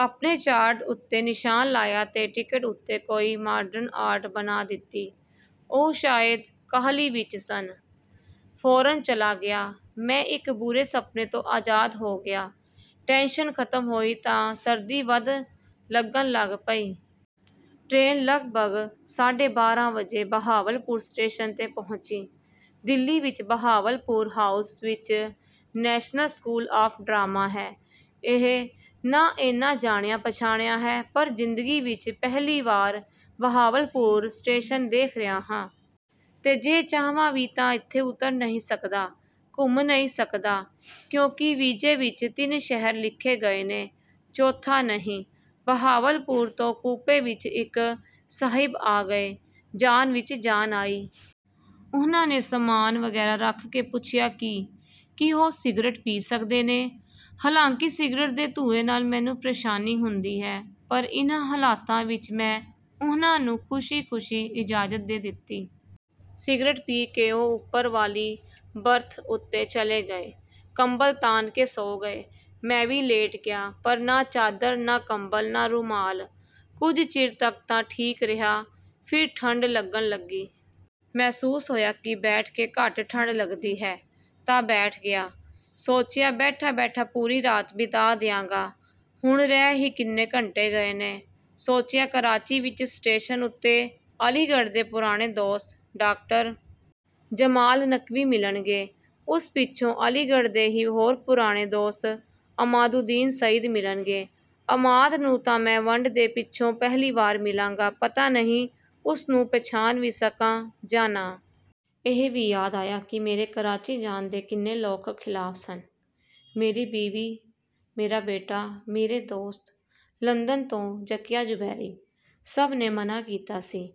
ਆਪਣੇ ਚਾਰਟ ਉੱਤੇ ਨਿਸ਼ਾਨ ਲਾਇਆ ਤੇ ਟਿਕਟ ਉੱਤੇ ਕੋਈ ਮਾਡਰਨ ਆਰਟ ਬਣਾ ਦਿੱਤੀ। ਉਹ ਸ਼ਾਇਦ ਕਾਹਲੀ ਵਿੱਚ ਸੀ, ਫ਼ੌਰਨ ਚਲਾ ਗਿਆ। ਮੈਂ ਇੱਕ ਬੁਰੇ ਸੁਪਨੇ ਤੋਂ ਆਜ਼ਾਦ ਹੋ ਗਿਆ। ਟੈਂਸ਼ਨ ਖ਼ਤਮ ਹੋਈ ਤਾਂ ਸਰਦੀ ਵੱਧ ਲੱਗਣ ਲੱਗ ਪਈ। ਟਰੇਨ ਲਗਭਗ ਸਾਢੇ ਬਾਰਾਂ ਵਜੇ ਬਹਾਵਲਪੁਰ ਸਟੇਸ਼ਨ ਤੇ ਪਹੁੰਚੀ। ਦਿੱਲੀ ਵਿੱਚ ਬਹਾਵਲਪੁਰ ਹਾਊਸ ਵਿੱਚ ਨੈਸ਼ਨਲ ਸਕੂਲ ਆਫ਼ ਡਰਾਮਾ ਹੈ। ਇਹ ਨਾਂ ਏਨਾ ਜਾਣਿਆ-ਪਛਾਣਿਆ ਹੈ, ਪਰ ਜ਼ਿੰਦਗੀ ਵਿੱਚ ਪਹਿਲੀ ਵਾਰ ਬਹਾਵਲਪੁਰ ਸਟੇਸ਼ਨ ਦੇਖ ਰਿਹਾ ਹਾਂ। ਤੇ ਜੇ ਚਾਹਵਾਂ ਵੀ ਤਾਂ ਇੱਥੇ ਉਤਰ ਨਹੀਂ ਸਕਦਾ, ਘੁੰਮ ਨਹੀਂ ਸਕਦਾ, ਕਿਉਂਕਿ ਵੀਜ਼ੇ ਵਿੱਚ ਤਿੰਨ ਸ਼ਹਿਰ ਲਿਖੇ ਗਏ ਨੇ, ਚੌਥਾ ਨਹੀਂ। ਬਹਾਵਲਪੁਰ ਤੋਂ ਕੂਪੇ ਵਿੱਚ ਇੱਕ ਸਾਹਿਬ ਆ ਗਏ। ਜਾਨ ਵਿੱਚ ਜਾਨ ਆਈ। ਉਹਨਾਂ ਨੇ ਸਾਮਾਨ ਵਗੈਰਾ ਰੱਖ ਕੇ ਪੁੱਛਿਆ ਕਿ ਕੀ ਉਹ ਸਿਗਰਟ ਪੀ ਸਕਦੇ ਨੇ। ਹਾਲਾਂਕਿ ਸਿਗਰਟ ਦੇ ਧੂੰਏਂ ਨਾਲ ਮੈਨੂੰ ਪ੍ਰੇਸ਼ਾਨੀ ਹੁੰਦੀ ਹੈ, ਪਰ ਇਨ੍ਹਾਂ ਹਾਲਾਤਾਂ ਵਿੱਚ ਮੈਂ ਉਹਨਾਂ ਨੂੰ ਖ਼ੁਸ਼ੀ-ਖ਼ੁਸ਼ੀ ਇਜਾਜ਼ਤ ਦੇ ਦਿੱਤੀ। ਸਿਗਰਟ ਪੀ ਕੇ ਉਹ ਉੱਪਰ ਵਾਲੀ ਬਰਥ ਉੱਤੇ ਚਲੇ ਗਏ। ਕੰਬਲ ਤਾਣ ਕੇ ਸੌਂ ਗਏ। ਮੈਂ ਵੀ ਲੇਟ ਗਿਆ। ਪਰ ਨਾ ਚਾਦਰ, ਨਾ ਕੰਬਲ, ਨਾ ਰੁਮਾਲ। ਕੁਝ ਚਿਰ ਤੱਕ ਤਾਂ ਠੀਕ ਰਿਹਾ, ਫਿਰ ਠੰਡ ਲੱਗਣ ਲੱਗੀ। ਮਹਿਸੂਸ ਹੋਇਆ ਕਿ ਬੈਠ ਕੇ ਘੱਟ ਠੰਡ ਲੱਗਦੀ ਹੈ, ਤਾਂ ਬੈਠ ਗਿਆ। ਸੋਚਿਆ, ਬੈਠਾ-ਬੈਠਾ ਪੂਰੀ ਰਾਤ ਬਿਤਾ ਦਿਆਂਗਾ। ਹੁਣ ਰਹਿ ਹੀ ਕਿੰਨੇ ਘੰਟੇ ਗਏ ਨੇ। ਸੋਚਿਆ, ਕਰਾਚੀ ਵਿੱਚ ਸਟੇਸ਼ਨ ਉੱਤੇ ਅਲੀਗੜ੍ਹ ਦੇ ਪੁਰਾਣੇ ਦੋਸਤ ਡਾ. ਜਮਾਲ ਨਕਵੀ ਮਿਲਣਗੇ। ਉਸ ਪਿੱਛੋਂ ਅਲੀਗੜ੍ਹ ਦੇ ਹੀ ਹੋਰ ਪੁਰਾਣੇ ਦੋਸਤ ਅਮਾਦੁੱਦੀਨ ਸਈਦ ਮਿਲਣਗੇ। ਅਮਾਦ ਨੂੰ ਤਾਂ ਮੈਂ ਵੰਡ ਦੇ ਪਿੱਛੋਂ ਪਹਿਲੀ ਵਾਰ ਮਿਲਾਂਗਾ। ਪਤਾ ਨਹੀਂ, ਉਸ ਨੂੰ ਪਛਾਣ ਵੀ ਸਕਾਂ ਜਾਂ ਨਾ। ਇਹ ਵੀ ਯਾਦ ਆਇਆ ਕਿ ਮੇਰੇ ਕਰਾਚੀ ਜਾਣ ਦੇ ਕਿੰਨੇ ਲੋਕ ਖ਼ਿਲਾਫ਼ ਸਨ। ਮੇਰੀ ਬੀਵੀ, ਮੇਰਾ ਬੇਟਾ, ਮੇਰੇ ਦੋਸਤ, ਲੰਦਨ ਤੋਂ ਜ਼ਕੀਆ ਜੁਬੈਰੀ—ਸਭ ਨੇ ਮਨ੍ਹਾਂ ਕੀਤਾ ਸੀ।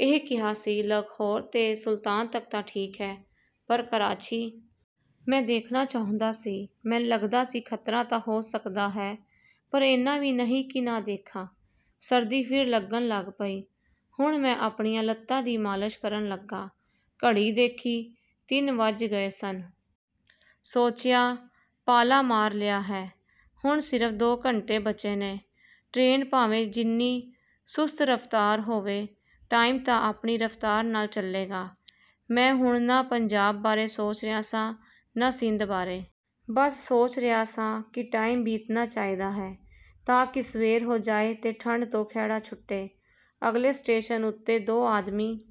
ਇਹ ਕਿਹਾ ਸੀ, "ਲਾਹੌਰ ਤੇ ਮੁਲਤਾਨ ਤੱਕ ਤਾਂ ਠੀਕ ਹੈ, ਪਰ ਕਰਾਚੀ।" ਮੈਂ ਦੇਖਣਾ ਚਾਹੁੰਦਾ ਸੀ। ਮੈਨੂੰ ਲੱਗਦਾ ਸੀ, ਖ਼ਤਰਾ ਤਾਂ ਹੋ ਸਕਦਾ ਹੈ, ਪਰ ਏਨਾ ਵੀ ਨਹੀਂ ਕਿ ਨਾ ਦੇਖਾਂ। ਸਰਦੀ ਫਿਰ ਲੱਗਣ ਲੱਗ ਪਈ। ਹੁਣ ਮੈਂ ਆਪਣੀਆਂ ਲੱਤਾਂ ਦੀ ਮਾਲਸ਼ ਕਰਨ ਲੱਗਾ। ਘੜੀ ਦੇਖੀ, ਤਿੰਨ ਵੱਜ ਗਏ ਸਨ। ਸੋਚਿਆ, ਪਾਲਾ ਮਾਰ ਲਿਆ ਹੈ। ਹੁਣ ਸਿਰਫ਼ ਦੋ ਘੰਟੇ ਬਚੇ ਨੇ। ਟਰੇਨ ਭਾਵੇਂ ਜਿੰਨੀ ਸੁਸਤ ਰਫ਼ਤਾਰ ਹੋਵੇ, ਟਾਈਮ ਤਾਂ ਆਪਣੀ ਰਫ਼ਤਾਰ ਨਾਲ ਚੱਲੇਗਾ। ਮੈਂ ਹੁਣ ਨਾ ਪੰਜਾਬ ਬਾਰੇ ਸੋਚ ਰਿਹਾ ਸਾਂ, ਨਾ ਸਿੰਧ ਬਾਰੇ। ਬਸ ਸੋਚ ਰਿਹਾ ਸਾਂ ਕਿ ਟਾਈਮ ਬੀਤਣਾ ਚਾਹੀਦਾ ਹੈ, ਤਾਂ ਕਿ ਸਵੇਰ ਹੋ ਜਾਏ ਤੇ ਠੰਡ ਤੋਂ ਖਹਿੜਾ ਛੁੱਟੇ। ਅਗਲੇ ਸਟੇਸ਼ਨ ਉੱਤੇ ਦੋ ਆਦਮੀ...